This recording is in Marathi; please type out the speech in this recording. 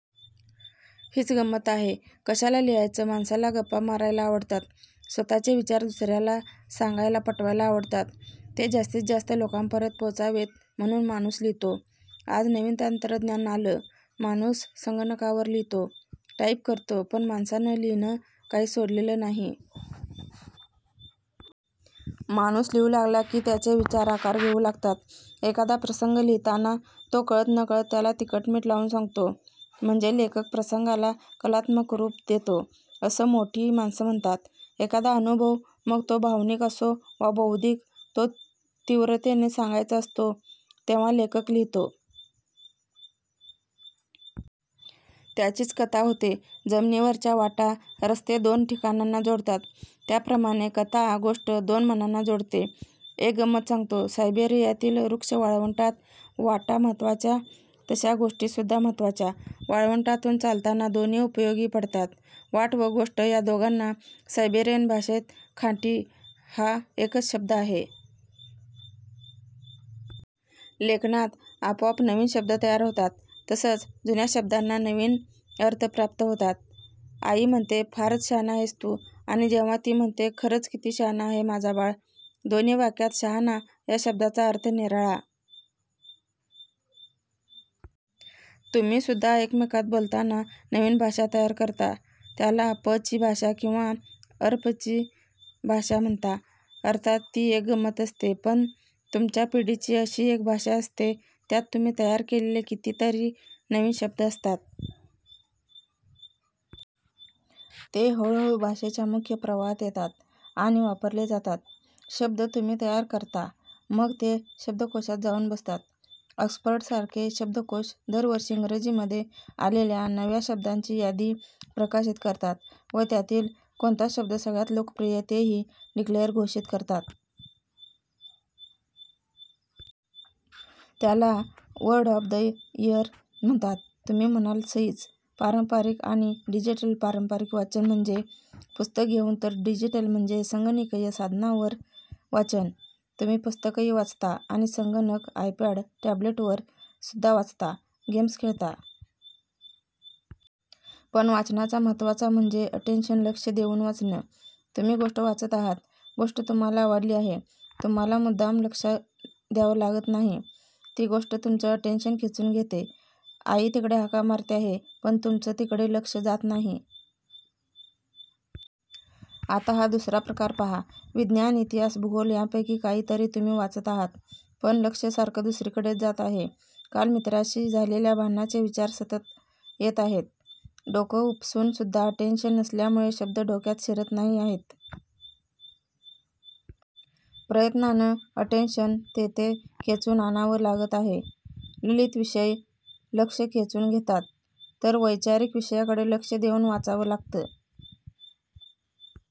हीच गंमत आहे. कशाला लिहायचं माणसाला गप्पा मारायला आवडतात, स्वतःचे विचार दुसऱ्याला सांगायला पटवायला आवडतात. ते जास्तीत जास्त लोकांपर्यंत पोहोचावेत म्हणून माणूस लिहितो. आज नवीन तंत्रज्ञान आलं, माणूस संगणकावर लिहितो, टाइप करतो. पण माणसानं लिहिणं काही सोडलेलं नाही. माणूस लिहू लागला की त्याचे विचार आकार घेऊ लागतात. एखादा प्रसंग लिहिताना तो कळत नकळत त्याला तिखटमिठ लावून सांगतो. म्हणजे लेखक प्रसंगाला 'कलात्मक रूप' देतो असं मोठी माणसं म्हणतात. एखादा अनुभव मग तो भावनिक असो वा बौद्धिक तो तीव्रतेने सांगायचा असतो तेव्हा लेखक लिहितो. त्याचीच कथा होते. जमिनीवरच्या वाटा, रस्ते दोन ठिकाणांना जोडतात. त्याप्रमाणे कथा, गोष्ट दोन मनांना जोडते. एक गंमत सांगतो. सायबेरियातील रूक्ष वाळवंटात 'वाटा' महत्त्वाच्या तशा गोष्टी सुद्धा महत्त्वाच्या. वाळवंटातून चालताना दोन्ही उपयोगी पडतात. वाट व गोष्ट या दोघांना सायबेरियन भाषेत खांटी हा एकच शब्द आहे. लेखनात आपोआप नवीन शब्द तयार होतात तसंच जुन्या शब्दांना नवीन अर्थ प्राप्त होतात. आई म्हणते 'फारच 'शहाणा' आहेस तू' आणि जेव्हा ती म्हणते 'खरंच किती 'शहाणा' आहे माझा बाळ'. दोन्ही वाक्यांत 'शहाणा' या शब्दाचा अर्थ निराळा. तुम्ही सुद्धा एकमेकांत बोलताना नवीन भाषा तयार करता त्याला 'प'ची भाषा किंवा 'अर्फ'ची भाषा म्हणता. अर्थात ती एक गंमत असते. पण तुमच्या पिढीची अशी एक भाषा असते. त्यात तुम्ही तयार केलेले कितीतरी नवीन शब्द असतात. ते हळूहळू भाषेच्या मुख्य प्रवाहात येतात आणि वापरले जातात. शब्द तुम्ही तयार करता मग ते शब्दकोषात जाऊन बसतात. ऑक्सफर्डसारखे शब्दकोष दरवर्षी इंग्रजीमध्ये आलेल्या नव्या शब्दांची यादी प्रकाशित करतात व त्यातील कोणता शब्द सगळ्यात लोकप्रिय तेही 'डिक्लेअर' घोषित करतात. त्याला 'वर्ड ऑफ द इयर' म्हणतात. तुम्ही म्हणाल 'सहीच'! पारंपरिक आणि डिजिटल पारंपरिक वाचन म्हणजे पुस्तक घेऊन तर डिजिटल म्हणजे संगणकीय साधनांवर वाचन. तुम्ही पुस्तकंही वाचता आणि संगणक, आयपॅड, टॅब्लेटवर सुद्धा वाचता, गेम्स खेळता. पण वाचनाचा महत्त्वाचा म्हणजे 'अटेंशन' लक्ष देऊन वाचणं. तुम्ही गोष्ट वाचत आहात. गोष्ट तुम्हाला आवडली आहे. तुम्हाला मुद्दाम लक्ष द्यावं लागत नाही. ती गोष्ट तुमचं अटेंशन खेचून घेते. आई तिकडे हाका मारते आहे पण तुमचं तिकडे लक्ष जात नाही. आता हा दुसरा प्रकार पहा. विज्ञान, इतिहास, भूगोल यांपैकी काहीतरी तुम्ही वाचत आहात. पण लक्ष सारखं दुसरीकडेच जात आहे. काल मित्राशी झालेल्या भांडणाचे विचार सतत येत आहेत. डोकं उपसून सुद्धा 'अटेंशन' नसल्यामुळे शब्द डोक्यात शिरत नाही आहेत. प्रयत्नानं 'अटेंशन' तेथे खेचून आणावं लागत आहे. ललित विषय लक्ष खेचून घेतात तर वैचारिक विषयाकडे लक्ष देऊन वाचावं लागतं.